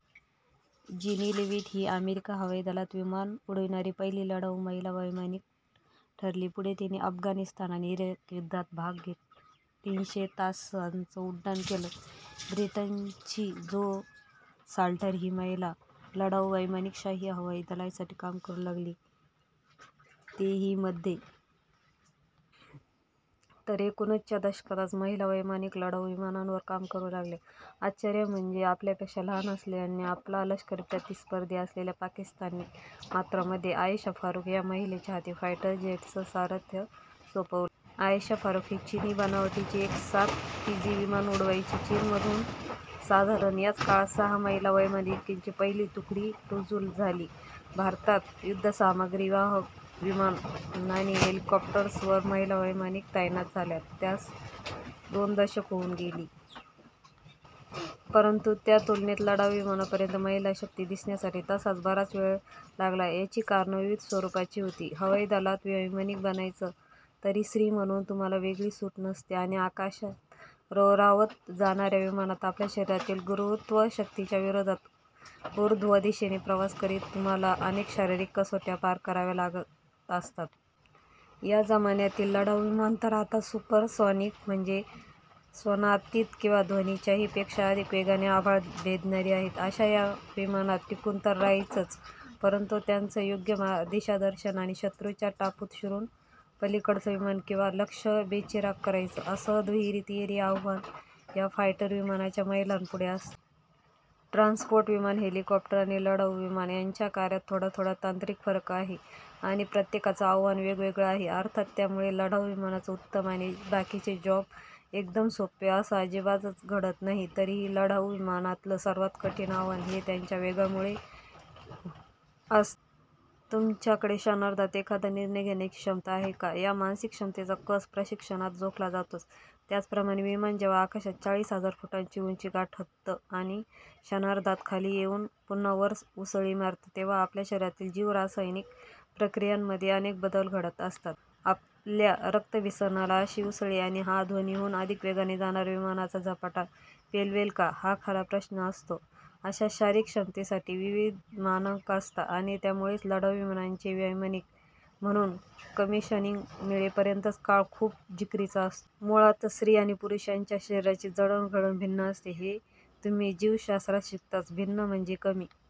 जीनी Leavitt ही अमेरिकी हवाई दलात विमानं उडविणारी पहिली लढाऊ महिला वैमानिक ठरली. पुढे तिने अफगाणिस्तान आणि इराक युद्धात भाग घेत तीनशे तासांचं उड्डाण केलं. ब्रिटनची जो साल्टर ही महिला लढाऊ वैमानिक शाही हवाई दलासाठी काम करू लागली, तेही मध्ये. तर एकूणच च्या दशकातच महिला वैमानिक लढाऊ विमानांवर काम करू लागल्या. आश्चर्य म्हणजे आपल्यापेक्षा लहान असलेल्या आणि आपला लष्करी प्रतिस्पर्धी असलेल्या पाकिस्तानने मात्र मध्ये आयेशा फारुक या महिलेच्या हाती फायटर जेटचं सारथ्य सोपवलं. आयेशा फारुक ही चीनी बनावटीची एफ सात पीजी विमानं उडवायची. चीनमधूनही साधारण याच काळात सहा महिला वैमानिकांची पहिली तुकडी रुजू झाली. भारतात युद्धसामग्रीवाहक विमानं आणि हेलिकॉप्टर्सवर महिला वैमानिक तैनात झाल्या, त्यास दोन दशकं होऊन गेली. परंतु त्या तुलनेत लढाऊ विमानांपर्यंत महिलाशक्ती दिसण्यासाठी तसा बराच वेळ लागला. याची कारणं विविध स्वरूपाची होती. हवाई दलात वैमानिक बनायचं, तरी स्त्री म्हणून तुम्हाला वेगळी सूट नसते आणि आकाशात रोंरावत जाणाऱ्या विमानात आपल्या शरीरातील गुरुत्वशक्तीच्या विरोधात ऊर्ध्व दिशेने प्रवास करीत तुम्हाला अनेक शारीरिक कसोट्या पार कराव्या लागत असतात. या जमान्यातली लढाऊ विमानं तर आता सुपरसॉनिक म्हणजेच स्वनातीत किंवा ध्वनीच्याही पेक्षा अधिक वेगाने आभाळ भेदणारी आहेत. अशा या विमानात टिकून तर रहायचंच, परंतु त्यांचं योग्य दिशादर्शन आणि शत्रूच्या टापूत शिरून पलीकडचं विमान किंवा लक्ष्य बेचिराख करायचं, असं दुहेरी-तिहेरी आव्हान या फायटर विमानांच्या महिलांपुढे असतं. ट्रान्सपोर्ट विमानं, हेलिकॉप्टर आणि लढाऊ विमानं यांच्या कार्यात थोडाथोडा तांत्रिक फरक आहे आणि प्रत्येकाचं आव्हान वेगवेगळं आहे. अर्थात त्यामुळे लढाऊ विमानंच उत्तम आणि बाकीचे जॉब एकदम सोपे असं अजिबातच घडत नाही. तरीही लढाऊ विमानातलं सर्वात कठीण आव्हान हे त्यांच्या वेगामुळे असतं. तुमच्याकडे क्षणार्धात एखादा निर्णय घेण्याची क्षमता आहे का, या मानसिक क्षमतेचा कस प्रशिक्षणात जोखला जातोच. त्याचप्रमाणे विमान जेव्हा आकाशात चाळीस हजार फुटांची उंची गाठतं आणि क्षणार्धात खाली येऊन पुन्हा वर उसळी मारतं, तेव्हा आपल्या शरीरातील जीव-रासायनिक प्रक्रियांमध्ये अनेक बदल घडत असतात. आपल्या रक्ताभिसरणाला अशी उसळी आणि हा ध्वनिहून अधिक वेगाने जाणारा विमानाचा झपाटा पेलवेल का, हा खरा प्रश्न असतो. अशा शारीरिक क्षमतेसाठी विविध मानकं असतात आणि त्यामुळेच लढाऊ विमानांचे वैमानिक म्हणून कमिशनिंग मिळेपर्यंतचा काळ खूपच जिकिरीचा असतो. मुळातच स्त्री आणि पुरुष यांच्या शरीरांची जडणघडण भिन्न असते, हे तुम्ही जीवशास्त्रात शिकताच. भिन्न म्हणजे कमी